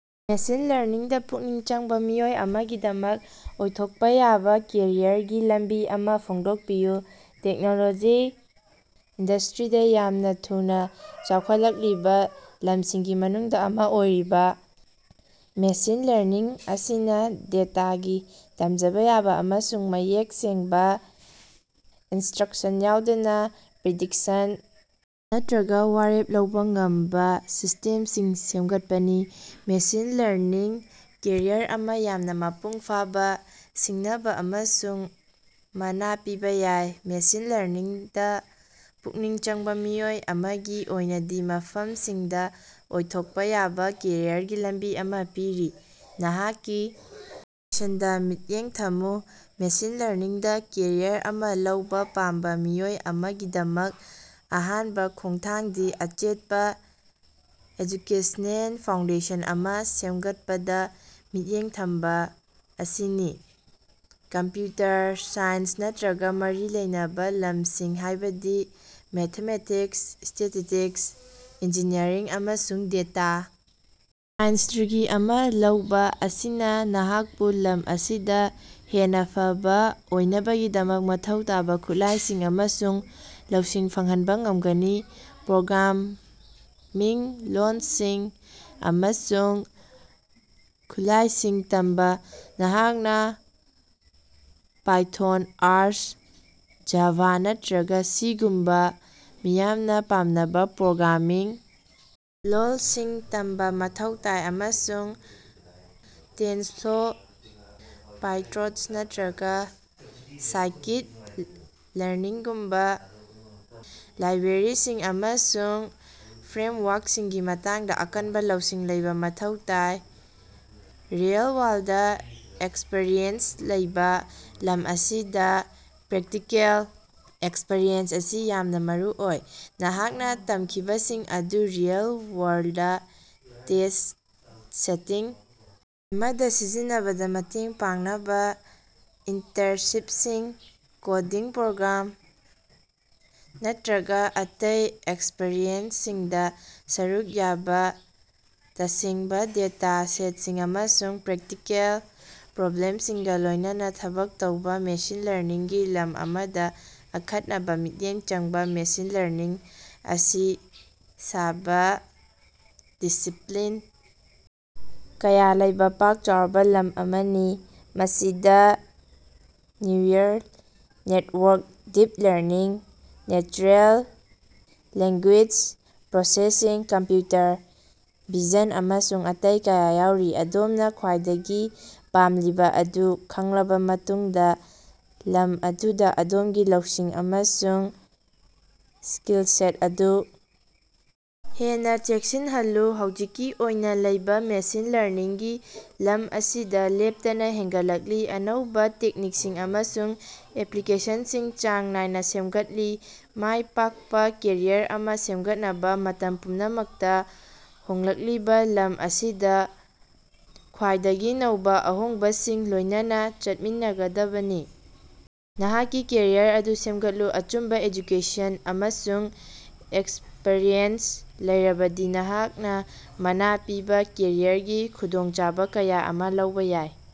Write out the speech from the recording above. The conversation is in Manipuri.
ꯃꯦꯁꯤꯟ ꯂꯔꯅꯤꯡꯗ ꯄꯨꯛꯅꯤꯡ ꯆꯪꯕ ꯃꯤꯑꯣꯏ ꯑꯃꯒꯤꯗꯃꯛ ꯑꯣꯏꯊꯣꯛꯄ ꯌꯥꯕ ꯀꯦꯔꯤꯌꯔꯒꯤ ꯂꯝꯕꯤ ꯑꯃ ꯐꯣꯡꯗꯣꯛꯄꯤꯌꯨ꯫ ꯇꯦꯛꯅꯣꯂꯣꯖꯤ ꯏꯟꯗꯁ꯭ꯠꯔꯤꯗ ꯌꯥꯝꯅ ꯊꯨꯅ ꯆꯥꯎꯈꯠꯂꯛꯂꯤꯕ ꯂꯝꯁꯤꯡꯒꯤ ꯃꯅꯨꯡꯗ ꯑꯃ ꯑꯣꯏꯔꯤꯕ ꯃꯦꯁꯤꯟ ꯂꯔꯅꯤꯡ ꯑꯁꯤꯅ ꯗꯦꯇꯥꯗꯒꯤ ꯇꯝꯖꯕ ꯌꯥꯕ ꯑꯃꯁꯨꯡ ꯃꯌꯦꯛ ꯁꯦꯡꯕ ꯏꯟꯁꯇ꯭ꯔꯛꯁꯟ ꯌꯥꯎꯗꯅ ꯄ꯭ꯔꯤꯗꯤꯛꯁꯟ ꯅꯠꯇ꯭ꯔꯒ ꯋꯥꯔꯦꯞ ꯂꯧꯕ ꯉꯝꯕ ꯁꯤꯁꯇꯦꯝꯁꯤꯡ ꯁꯦꯝꯒꯠꯄꯅꯤ꯫ ꯃꯦꯁꯤꯟ ꯂꯔꯅꯤꯡꯗ ꯀꯦꯔꯤꯌꯔ ꯑꯃ ꯌꯥꯝꯅ ꯃꯄꯨꯡ ꯐꯥꯕ, ꯁꯤꯡꯅꯕ ꯑꯃꯁꯨꯡ ꯃꯅꯥ ꯄꯤꯕ ꯌꯥꯏ꯫ ꯃꯦꯁꯤꯟ ꯂꯔꯅꯤꯡꯗ ꯄꯨꯛꯅꯤꯡ ꯆꯪꯕ ꯃꯤꯑꯣꯏ ꯑꯃꯒꯤ ꯑꯣꯏꯅꯗꯤ, ꯃꯐꯝꯁꯤꯡꯗ ꯑꯣꯏꯊꯣꯛꯄ ꯌꯥꯕ ꯀꯦꯔꯤꯌꯔꯒꯤ ꯂꯝꯕꯤ ꯑꯃ ꯄꯤꯔꯤ: ꯅꯍꯥꯛꯀꯤ ꯑꯦꯖꯨꯀꯦꯁꯟꯗ ꯃꯤꯠꯌꯦꯡ ꯊꯝꯃꯨ: ꯃꯦꯁꯤꯟ ꯂꯔꯅꯤꯡꯗ ꯀꯦꯔꯤꯌꯔ ꯑꯃ ꯂꯧꯕ ꯄꯥꯝꯕ ꯃꯤꯑꯣꯏ ꯑꯃꯒꯤꯗꯃꯛ ꯑꯍꯥꯟꯕ ꯈꯣꯡꯊꯥꯡꯗꯤ ꯑꯆꯦꯠꯄ ꯑꯦꯖꯨꯀꯦꯁꯅꯦꯜ ꯐꯥꯎꯟꯗꯦꯁꯟ ꯑꯃ ꯁꯦꯝꯒꯠꯄꯗ ꯃꯤꯠꯌꯦꯡ ꯊꯝꯕ ꯑꯁꯤꯅꯤ꯫ ꯀꯝꯄ꯭ꯌꯨꯇꯔ ꯁꯥꯏꯟꯁ ꯅꯠꯇ꯭ꯔꯒ ꯃꯔꯤ ꯂꯩꯅꯕ ꯂꯝꯁꯤꯡ ꯍꯥꯏꯕꯗꯤ ꯃꯦꯊꯃꯦꯇꯤꯛꯁ, ꯁ꯭ꯇꯦꯇꯤꯁ꯭ꯇꯤꯛꯁ, ꯏꯟꯖꯤꯅꯤꯌꯔꯤꯡ ꯑꯃꯁꯨꯡ ꯗꯦꯇꯥ ꯁꯥꯏꯟꯁꯇ ꯗꯤꯒ꯭ꯔꯤ ꯑꯃ ꯂꯧꯕ ꯑꯁꯤꯅ ꯅꯍꯥꯛꯄꯨ ꯂꯝ ꯑꯁꯤꯗ ꯍꯦꯟꯅ ꯐꯕ ꯑꯣꯏꯅꯕꯒꯤꯗꯃꯛ ꯃꯊꯧ ꯇꯥꯕ ꯈꯨꯠꯂꯥꯏꯁꯤꯡ ꯑꯃꯁꯨꯡ ꯂꯧꯁꯤꯡ ꯐꯪꯍꯟꯕ ꯉꯝꯒꯅꯤ꯫ ꯄ꯭ꯔꯣꯒ꯭ꯔꯥꯃꯤꯡ ꯂꯣꯜꯁꯤꯡ ꯑꯃꯁꯨꯡ ꯈꯨꯠꯂꯥꯌꯡꯏꯁꯤꯡ ꯇꯝꯕ: ꯅꯍꯥꯛꯅ ꯄꯥꯏꯊꯣꯟ, ꯑꯥꯔ, ꯖꯥꯚꯥ ꯅꯠꯇ꯭ꯔꯒ ꯁꯤ ꯒꯨꯝꯕꯥ ꯃꯤꯌꯥꯝꯅ ꯄꯥꯝꯅꯕ ꯄ꯭ꯔꯣꯒ꯭ꯔꯥꯃꯤꯡ ꯂꯣꯜꯁꯤꯡ ꯇꯝꯕ ꯃꯊꯧ ꯇꯥꯏ ꯑꯃꯁꯨꯡ ꯇꯦꯟꯁꯔꯐ꯭ꯂꯣ, ꯄꯥꯏꯇꯣꯔꯆ ꯅꯠꯇ‌꯭ꯔꯒ ꯁꯥꯏꯀꯤꯠ-ꯂꯔꯅꯒꯨꯝꯕ ꯂꯥꯏꯕ꯭ꯔꯦꯔꯤꯁꯤꯡ ꯑꯃꯁꯨꯡ ꯐ꯭ꯔꯦꯝꯋꯥꯔꯛꯁꯤꯡꯒꯤ ꯃꯇꯥꯡꯗ ꯑꯀꯟꯕ ꯂꯧꯁꯤꯡ ꯂꯩꯕ ꯃꯊꯧ ꯇꯥꯏ꯫ ꯔꯤꯑꯦꯜ-ꯋꯥꯔꯜꯗ ꯑꯦꯛꯁꯄꯤꯔꯤꯑꯦꯟꯁ ꯂꯧꯕ: ꯂꯝ ꯑꯁꯤꯗ ꯄ꯭ꯔꯦꯛꯇꯤꯀꯦꯜ ꯑꯦꯛꯁꯄꯤꯔꯤꯑꯦꯟꯁ ꯑꯁꯤ ꯌꯥꯝꯅ ꯃꯔꯨꯑꯣꯏ꯫ ꯅꯍꯥꯛꯅ ꯇꯝꯈꯤꯕꯁꯤꯡ ꯑꯗꯨ ꯔꯤꯑꯦꯜ-ꯋꯥꯔꯜꯗ ꯁꯦꯇꯤꯡ ꯑꯃꯗ ꯁꯤꯖꯤꯟꯅꯕꯗ ꯃꯇꯦꯡ ꯄꯥꯡꯅꯕ ꯏꯟꯇꯔꯟꯁꯤꯞꯁꯤꯡ, ꯀꯣꯗꯤꯡ ꯄ꯭ꯔꯣꯒ꯭ꯔꯥꯝ ꯅꯠꯇ꯭ꯔꯒ ꯑꯇꯩ ꯑꯦꯛꯁꯄꯤꯔꯤꯑꯦꯟꯁꯁꯤꯡꯗ ꯁꯔꯨꯛ ꯌꯥꯕ, ꯇꯁꯦꯡꯕ ꯗꯦꯇꯥ ꯁꯦꯠꯁꯤꯡ ꯑꯃꯁꯨꯡ ꯄ꯭ꯔꯦꯛꯇꯤꯀꯦꯜ ꯄ꯭ꯔꯣꯕ꯭ꯂꯦꯝꯁꯤꯡꯒ ꯂꯣꯏꯅꯅꯥ ꯊꯕꯛ ꯇꯧꯕ꯫ ꯃꯦꯁꯤꯟ ꯂꯔꯅꯤꯡ ꯒꯤ ꯂꯝ ꯑꯃꯗ ꯑꯈꯟꯅꯕ ꯃꯤꯠꯌꯦꯡ ꯆꯪꯕ: ꯃꯦꯁꯤꯟ ꯂꯔꯅꯤꯡ ꯑꯁꯤ ꯁꯕ-ꯗꯤꯁꯤꯄ꯭ꯂꯤꯟ ꯀꯌꯥ ꯂꯩꯕ ꯄꯥꯛ ꯆꯥꯎꯔꯕ ꯂꯝ ꯑꯃꯅꯤ꯫ ꯃꯁꯤꯗ neural network, deep learning, natural language processing, computer vision, ꯑꯃꯁꯨꯡ ꯑꯇꯩ ꯀꯌꯥ ꯌꯥꯎꯔꯤ꯫ ꯑꯗꯣꯝꯅ ꯈ꯭ꯋꯥꯏꯗꯒꯤ ꯄꯥꯝꯂꯤꯕ ꯑꯗꯨ ꯈꯪꯂꯕ ꯃꯇꯨꯡꯗ, ꯂꯝ ꯑꯗꯨꯗ ꯑꯗꯣꯝꯒꯤ ꯂꯧꯁꯤꯡ ꯑꯃꯁꯨꯡ ꯁ꯭ꯀꯤꯜꯁꯦꯠ ꯑꯗꯨ ꯍꯦꯟꯅ ꯆꯦꯠꯁꯤꯜꯍꯜꯂꯨ꯫ ꯍꯧꯖꯤꯛꯀꯤ ꯑꯣꯏꯅ ꯂꯩꯕ: ꯃꯦꯁꯤꯟ ꯂꯔꯅꯤꯡꯒꯤ ꯂꯝ ꯑꯁꯤ ꯂꯦꯞꯇꯅ ꯍꯦꯟꯒꯠꯂꯛꯂꯤ, ꯑꯅꯧꯕ ꯇꯦꯛꯅꯤꯛꯁꯤꯡ ꯑꯃꯁꯨꯡ ꯑꯦꯄ꯭ꯂꯤꯀꯦꯁꯟꯁꯤꯡ ꯆꯥꯡ ꯅꯥꯏꯅ ꯁꯦꯝꯒꯠꯂꯤ꯫ ꯃꯥꯏ ꯄꯥꯛꯄ ꯀꯦꯔꯤꯌꯔ ꯑꯃ ꯁꯦꯝꯒꯠꯅꯕ ꯃꯇꯝ ꯄꯨꯝꯅꯃꯛꯇ ꯍꯣꯡꯂꯛꯂꯤꯕ ꯂꯝ ꯑꯁꯤꯗ ꯈ꯭ꯋꯤꯏꯗꯒꯤ ꯅꯧꯕ ꯑꯍꯣꯡꯕꯁꯤꯡꯒ ꯂꯣꯏꯅꯅ ꯆꯠꯃꯤꯟꯅꯒꯗꯕꯅꯤ꯫ ꯅꯍꯥꯛꯀꯤ ꯀꯦꯔꯤꯌꯔ ꯑꯗꯨ ꯁꯦꯝꯒꯠꯂꯨ: ꯑꯆꯨꯝꯕ ꯑꯦꯖꯨꯀꯦꯁꯟ ꯑꯃꯁꯨꯡ ꯑꯦꯛꯁꯄꯤꯔꯤꯑꯦꯟꯁ ꯂꯩꯔꯕꯗꯤ, ꯅꯍꯥꯛꯅ ꯃꯅꯥ ꯄꯤꯕ ꯀꯦꯔꯤꯌꯔꯒꯤ ꯈꯨꯗꯣꯡꯆꯥꯕ ꯀꯌꯥ ꯑꯃ ꯂꯧꯕ ꯌꯥꯏ꯫